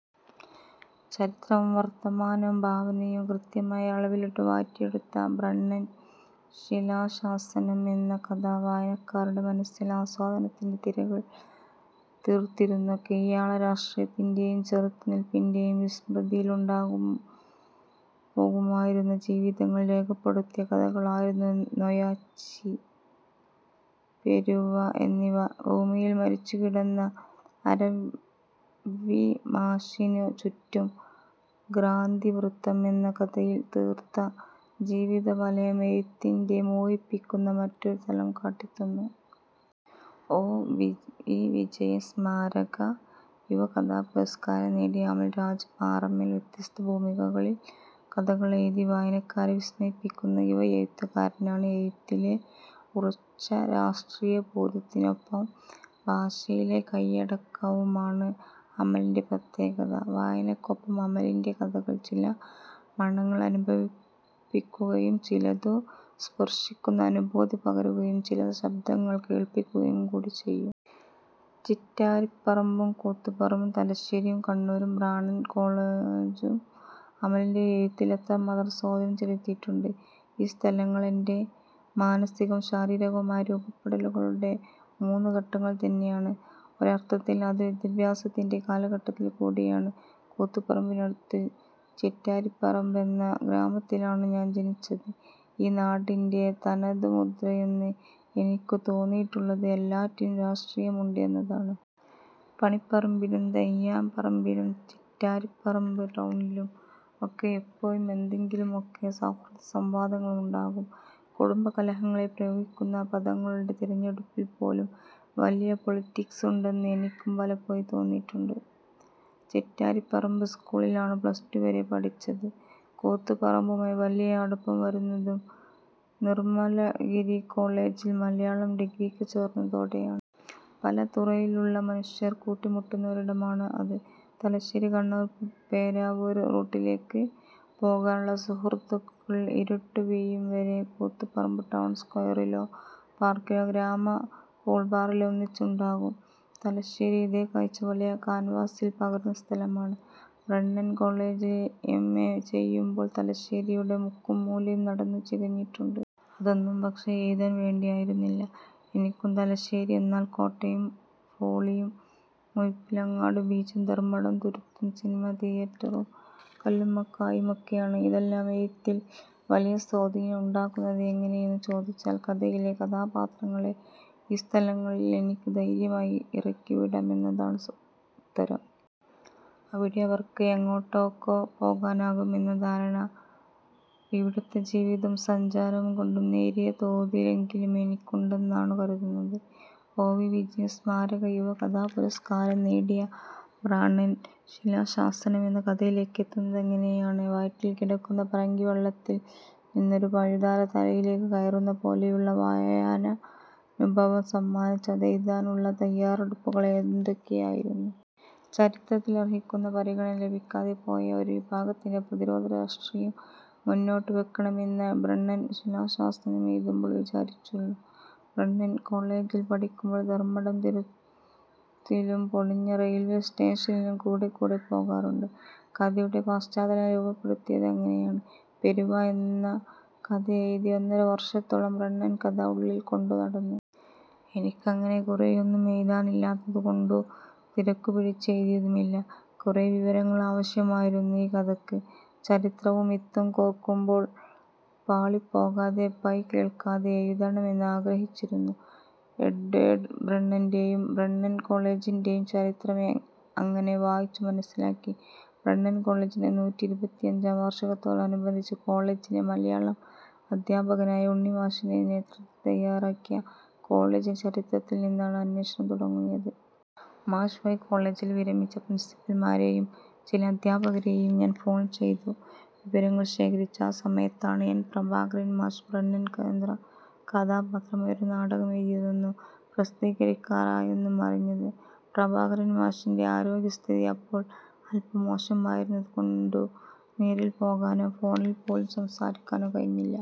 ചരിത്രവും വർത്തമാനവും ഭാവനയും കൃത്യമായ അളവിലിട്ടു വാറ്റിയെടുത്ത ' ബ്രണ്ണൻ ശിലാശാസനം ' എന്ന കഥ വായനക്കാരുടെ മനസ്സിൽ ആസ്വാദനത്തിന്റെ തിരകൾ തീർത്തിരുന്നു. കീഴാള രാഷ്ട്രീയത്തിന്റെയും ചെറുത്തുനിൽപിന്റെയും, വിസ്മൃതിയിലുണ്ടാകു പോകുമായിരുന്നു ജീവിതങ്ങൾ രേഖപ്പെടുത്തിയ കഥകളായിരുന്നു നൊയാച്ചി, പെരുവ എന്നിവ. ' ഭൂമി'യിൽ മരിച്ചുകിടന്ന അരവിമാഷിനു ചുറ്റും ' ക്രാന്തിവൃത്തം ' എന്ന കഥയിൽ തീർത്ത ജീവിതവലയം എഴുത്തിന്റെ മോഹിപ്പിക്കുന്ന മറ്റൊരു തലം കാട്ടിത്തന്നു. ഒ. വി.വി വിജയൻ സ്മാരക യുവ കഥാപുരസ്കാരം നേടിയ അമൽരാജ് പാറേമ്മൽ വ്യത്യസ്ത ഭൂമികകളിൽ കഥകളെഴുതി വായനക്കാരെ വിസ്മയിപ്പിക്കുന്ന യുവ എഴുത്തുകാരനാണ്. എഴുത്തിലെ ഉറച്ച രാഷ്ട്രീയബോധ്യത്തിനൊപ്പം ഭാഷയിലെ കയ്യടക്കവുമാണ് അമലിന്റെ പ്രത്യേകത. വായനയ്ക്കൊപ്പം അമലിന്റെ കഥകൾ ചില മണങ്ങൾ അനുഭവിപ്പിക്കുകയും ചിലതു സ്പർശിക്കുന്ന അനുഭൂതി പകരുകയും ചില ശബ്ദങ്ങൾ കേൾപ്പിക്കുകയും കൂടി ചെയ്യും. ചിറ്റാരിപ്പറമ്പും കൂത്തുപറമ്പും തലശ്ശേരിയും കണ്ണൂരും ബ്രണൽ കോളജും അമലിന്റെ എഴുത്തിൽ എത്ര മാത്രം സ്വാധീനം ചെലുത്തിയിട്ടുണ്ട്? ഈ സ്ഥലങ്ങൾ എന്റെ മാനസികവും ശാരീരികവുമായ രൂപപ്പെടലുകളുടെ മൂന്നു ഘട്ടങ്ങൾ തന്നെയാണ്. ഒരർഥത്തിൽ അതു വിദ്യാഭ്യാസത്തിന്റെ കാല ഘട്ടത്തിൽ കൂടിയാണ്. കൂത്തുപറമ്പിനടുത്തു ചിറ്റാരിപ്പറമ്പ് എന്ന ഗ്രാമത്തിലാണു ഞാൻ ജനിച്ചത്. ഈ നാടിന്റെ തനതുമുദ്രയെന്ന് എനിക്കു തോന്നിയിട്ടുള്ളത് എല്ലാറ്റിനും രാഷ്ട്രീയമുണ്ട് എന്നതാണ്. പണിപ്പറമ്പിലും തെയ്യപ്പറമ്പിലും ചിറ്റാരിപ്പറമ്പ് ടൗണിലും ഒക്കെ എപ്പോഴും എന്തെങ്കിലുമൊക്കെ സൗഹൃദ സംവാദങ്ങൾ ഉണ്ടാകും. കുടുംബ കലഹങ്ങളിൽ പ്രയോഗിക്കുന്ന പദങ്ങളുടെ തിരഞ്ഞെടുപ്പിൽ പോലും വലിയ പൊളിറ്റിക്സ് ഉണ്ടെന്ന് എനിക്കു പലപ്പോഴും തോന്നിയിട്ടുണ്ട്. ചിറ്റാരിപ്പറമ്പ് സ്കൂളിലാണു പ്ലസ്ടു വരെ പഠിച്ചത്. കൂത്തുപറമ്പുമായി വലിയ അടുപ്പം വരുന്നതു നിർമലഗിരി കോളജിൽ മലയാളം ഡിഗ്രിക്ക് ചേർന്നതോടെയാണ്. പല തുറയിലുള്ള മനുഷ്യർ കൂട്ടിമുട്ടുന്ന ഒരിടമാണ് അത്. തലശ്ശേരി, കണ്ണൂർ, പേരാവൂർ റൂട്ടിലേക്ക് പോകാനുള്ള സുഹൃത്തുക്കൾ ഇരുട്ടു വീഴും വരെ കൂത്തുപറമ്പ് ടൗൺ സ്ക്വയറിലോ പാർക്കിലോ ഗ്രാമ കൂൾബാറിലോ ഒന്നിച്ചുണ്ടാകും. തലശ്ശേരി ഇതേ കാഴ്ച വലിയ കാൻവാസിൽ പകരുന്ന സ്ഥലമാണ്. ബ്രണ്ണൻ കോളജിൽ എംഎ ചെയ്യുമ്പോൾ തലശ്ശേരിയുടെ മുക്കും മൂലയും നടന്നു ചികഞ്ഞിട്ടുണ്ട്. അതൊന്നും പക്ഷേ, എഴുതാൻ വേണ്ടിയായിരുന്നില്ല. എനിക്കു തലശ്ശേരിയെന്നാൽ കോട്ടയും ഫോളിയും മുഴപ്പിലങ്ങാട് ബീച്ചും ധർമടം തുരുത്തും സിനിമാ തിയറ്ററും കല്ലുമ്മക്കായും ഒക്കെയാണ്. ഇതെല്ലാം എഴുത്തിൽ വലിയ സ്വാധീനം ഉണ്ടാക്കുന്നത് എങ്ങനെ എന്നു ചോദിച്ചാൽ കഥയിലെ കഥാപാത്രങ്ങളെ ഈ സ്ഥലങ്ങളിൽ എനിക്ക് ധൈര്യമായി ഇറക്കി വിടാം എന്നതാണ് ഉത്തരം. അവിടെ അവർക്ക് എങ്ങോട്ടൊക്കെ പോകാനാകും എന്ന ധാരണ ഇവിടുത്തെ ജീവിതവും സഞ്ചാരവും കൊണ്ടു നേരിയ തോതിലെങ്കിലും എനിക്കുണ്ടെന്നാണു കരുതുന്നത്. ഒ. വി. വിജയൻ സ്മാരക യുവകഥാപുരസ്കാരം നേടിയ ' ബ്രണൻ ശിലാശാസനം ' എന്ന കഥയിലേക്ക് എത്തുന്നതെങ്ങനെയാണ്? വയറ്റിൽ കിടക്കുന്ന പറങ്കിവെള്ളത്തിൽ നിന്നൊരു പഴുതാര തലയിലേക്ക് കയറുന്ന പോലെയുള്ള വായനാനുഭവം സമ്മാനിച്ച അതെഴുതാനുള്ള തയാറെടുപ്പുകൾ എന്തൊക്കെയായിരുന്നു? ചരിത്രത്തിൽ അർഹിക്കുന്ന പരിഗണന ലഭിക്കാതെ പോയ ഒരു വിഭാഗത്തിന്റെ പ്രതിരോധ രാഷ്ട്രീയം മുന്നോട്ടുവയ്ക്കണമെന്നേ ' ബ്രണ്ണൻ ശിലാശാസനം ' എഴുതുമ്പോൾ വിചാരിച്ചുള്ളൂ. ബ്രണ്ണൻ കോളജിൽ പഠിക്കുമ്പോൾ ധർമടം തുരുത്തിലും പൊളിഞ്ഞ റയിൽവേ സ്റ്റേഷനിലും കൂടെക്കൂടെ പോകാറുണ്ട്. കഥയുടെ പശ്ചാത്തലം രൂപപ്പെടുത്തിയത് അങ്ങനെയാണ്. ' പെരുവ ' എന്ന കഥയെഴുതി ഒന്നര വർഷത്തോളം ബ്രണ്ണൻകഥ ഉള്ളിൽ കൊണ്ടു നടന്നു. എനിക്കങ്ങനെ കുറെയൊന്നും എഴുതാനില്ലാത്തതു കൊണ്ടു തിരക്കുപിടിച്ച് എഴുതിയതുമില്ല. കുറേ വിവരങ്ങൾ ആവശ്യമായിരുന്നു ഈ കഥയ്ക്ക്. ചരിത്രവും മിത്തും കോർക്കുമ്പോൾ പാളിപ്പോകാതെ, പഴി കേൾക്കാതെ എഴുതണം എന്ന് ആഗ്രഹിച്ചിരുന്നു. എഡ്വേഡ് ബ്രണ്ണന്റെയും ബ്രണ്ണൻ കോളജിന്റെയും ചരിത്രം അങ്ങനെ വായിച്ചു മനസ്സിലാക്കി. ബ്രണ്ണൻ കോളജിന്റെ നൂറ്റിഇരുപത്തിഅഞ്ചാം വാർഷികത്തോടനുബന്ധിച്ചു കോളജിലെ മലയാളം അധ്യാപകനായ ഉണ്ണിമാഷിന്റെ നേതൃത്വത്തിൽ തയാറാക്കിയ കോളജിന്റെ ചരിത്രത്തിൽ നിന്നാണ് അന്വേഷണം തുടങ്ങിയത്. മാഷ് വഴി, കോളജിലെ വിരമിച്ച പ്രിൻസിപ്പൽമാരെയും ചില അധ്യാപകരെയും ഞാൻ ഫോൺ ചെയ്തു വിവരങ്ങൾ ശേഖരിച്ചു. ആ സമയത്താണ് എൻ. പ്രഭാകരൻ മാഷ് ബ്രണ്ണൻ കേന്ദ്ര കഥാപാത്രമായി ഒരു നാടകം എഴുതിയെന്നും പ്രസിദ്ധീകരിക്കാറായെന്നും അറിഞ്ഞത്. പ്രഭാകരൻ മാഷിന്റെ ആരോഗ്യസ്ഥിതി അപ്പോൾ അൽപം മോശമായിരുന്നതു കൊണ്ടു നേരിൽ പോകാനോ ഫോണിൽ പോലും സംസാരിക്കാനോ കഴിഞ്ഞില്ല.